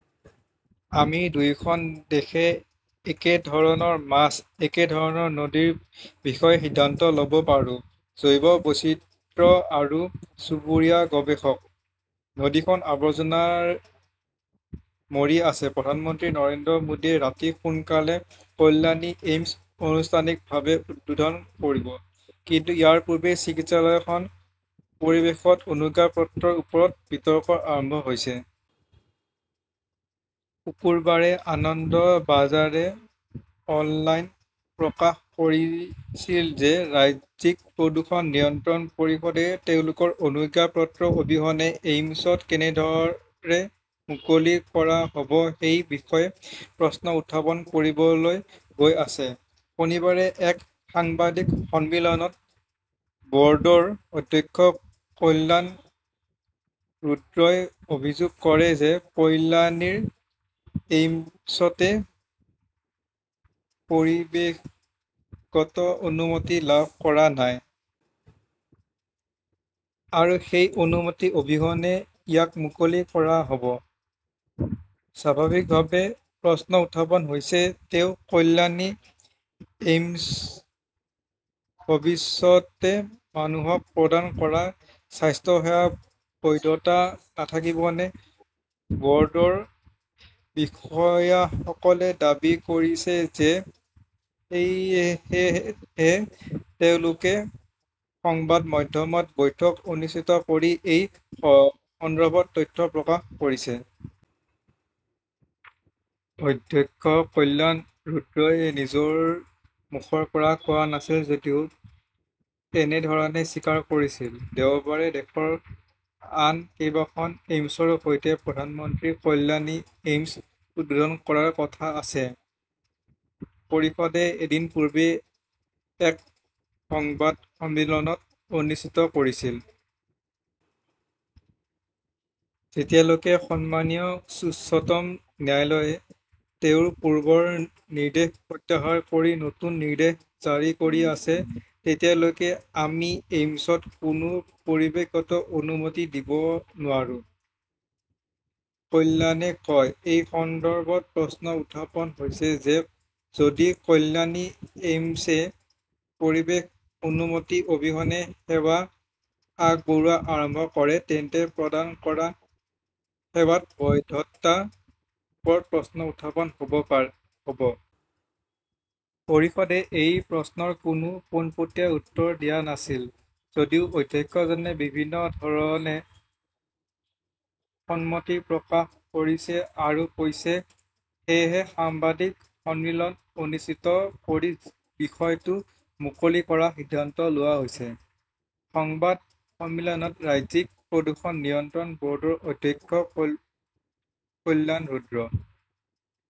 আমি দুয়োখন দেশে একেধৰণৰ মাছ, একেধৰণৰ নদীৰ বিষয়ে সিদ্ধান্ত ল’ব পাৰোঁ নেকি জৈৱ বৈচিত্ৰ্য আৰু চুবুৰীয়া গৱেষক। নদীখন আৱৰ্জনাত মৰি আছে প্ৰধানমন্ত্ৰী নৰেন্দ্ৰ মোদীয়ে ৰাতি সোনকালেই কল্যাণী এইমছ আনুষ্ঠানিকভাৱে উদ্বোধন কৰিব। কিন্তু ইয়াৰ পূৰ্বে চিকিৎসালয়খনৰ পৰিৱেশগত অনুজ্ঞাপত্ৰৰ ওপৰত নতুন বিতৰ্ক আৰম্ভ হৈছিল। শুকুৰবাৰে আনন্দবাজাৰে অনলাইনত প্ৰকাশ কৰিছিল যে ৰাজ্যিক প্ৰদূষণ নিয়ন্ত্ৰণ পৰিষদে তেওঁলোকৰ অনুজ্ঞাপত্ৰ অবিহনে এইমছ কেনেদৰে মুকলি কৰা হ’ব সেই বিষয়ে প্ৰশ্ন উত্থাপন কৰিবলৈ গৈ আছে। শনিবাৰে এক সংবাদ সন্মিলনত বৰ্ডৰ অধ্যক্ষ কল্যাণ ৰুদ্ৰই অভিযোগ কৰে যে কল্যাণীৰ এইমছে পৰিৱেশগত অনুমতি লাভ কৰা নাই। আৰু সেই অনুমতি অবিহনে ইয়াক মুকলি কৰা হ 'ব। স্বাভাৱিকভাৱেই প্ৰশ্ন উত্থাপন হৈছে, তেন্তে কল্যাণী এইমছে ভৱিষ্যতে মানুহক প্ৰদান কৰা স্বাস্থ্যসেৱাৰ বৈধতা থাকিবনে বৰ্ডৰ বিষয়াসকলে দাবী কৰিছে যে সেয়েহে তেওঁলোকে সংবাদ মাধ্যমৰ বৈঠক অনুষ্ঠিত কৰি এই সন্দৰ্ভত তথ্য প্ৰকাশ কৰিছিল। অধ্যক্ষ কল্যাণ ৰুদ্ৰই নিজৰ মুখৰ পৰা কোৱা নাছিল যদিও একেধৰণে স্বীকাৰ কৰিছিল। দেওবাৰে দেশৰ আন কেইখনমান এইমছৰ সৈতে প্ৰধানমন্ত্ৰীয়ে কল্যাণী এইমছ উদ্বোধন কৰাৰ কথা আছে। পৰিষদে এদিন পূৰ্বে এক সংবাদ সন্মিলন অনুষ্ঠিত কৰিছিল। যেতিয়ালৈকে সন্মানীয় উচ্চতম ন্যায়ালয়ে তেওঁৰ পূৰ্বৰ নিৰ্দেশ প্ৰত্যাহাৰ কৰি নতুন নিৰ্দেশ জাৰি কৰি আছে, তেতিয়ালৈকে আমি এইমছক কোনো পৰিৱেশগত অনুমতি দিব নোৱাৰো, কল্যাণে কয়। এই সন্দৰ্ভত প্ৰশ্ন উত্থাপন হৈছে যে যদি কল্যাণী এইমছে পৰিৱেশৰ অনুমতি অবিহনে সেৱা আগবঢ়োৱা আৰম্ভ কৰে তেন্তে প্ৰদান কৰা সেৱাৰ বৈধতাৰ ওপৰতো প্ৰশ্ন উত্থাপন হ’ব। পৰিষদে এই প্ৰশ্নৰ কোনো পোনপটীয়া উত্তৰ দিয়া নাছিল। যদিও অধ্যক্ষজনে বিভিন্ন ধৰণে সন্মতি প্ৰকাশ কৰিছে আৰু কৈছে, সেয়েহে সাংবাদিক সন্মিলন অনুষ্ঠিত কৰি বিষয়টো মুকলি কৰাৰ সিদ্ধান্ত লোৱা হৈছে। সংবাদ সন্মিলনত ৰাজ্যিক প্ৰদূষণ নিয়ন্ত্ৰণ বৰ্ডৰ অধ্যক্ষ কল্যাণ ৰুদ্ৰ।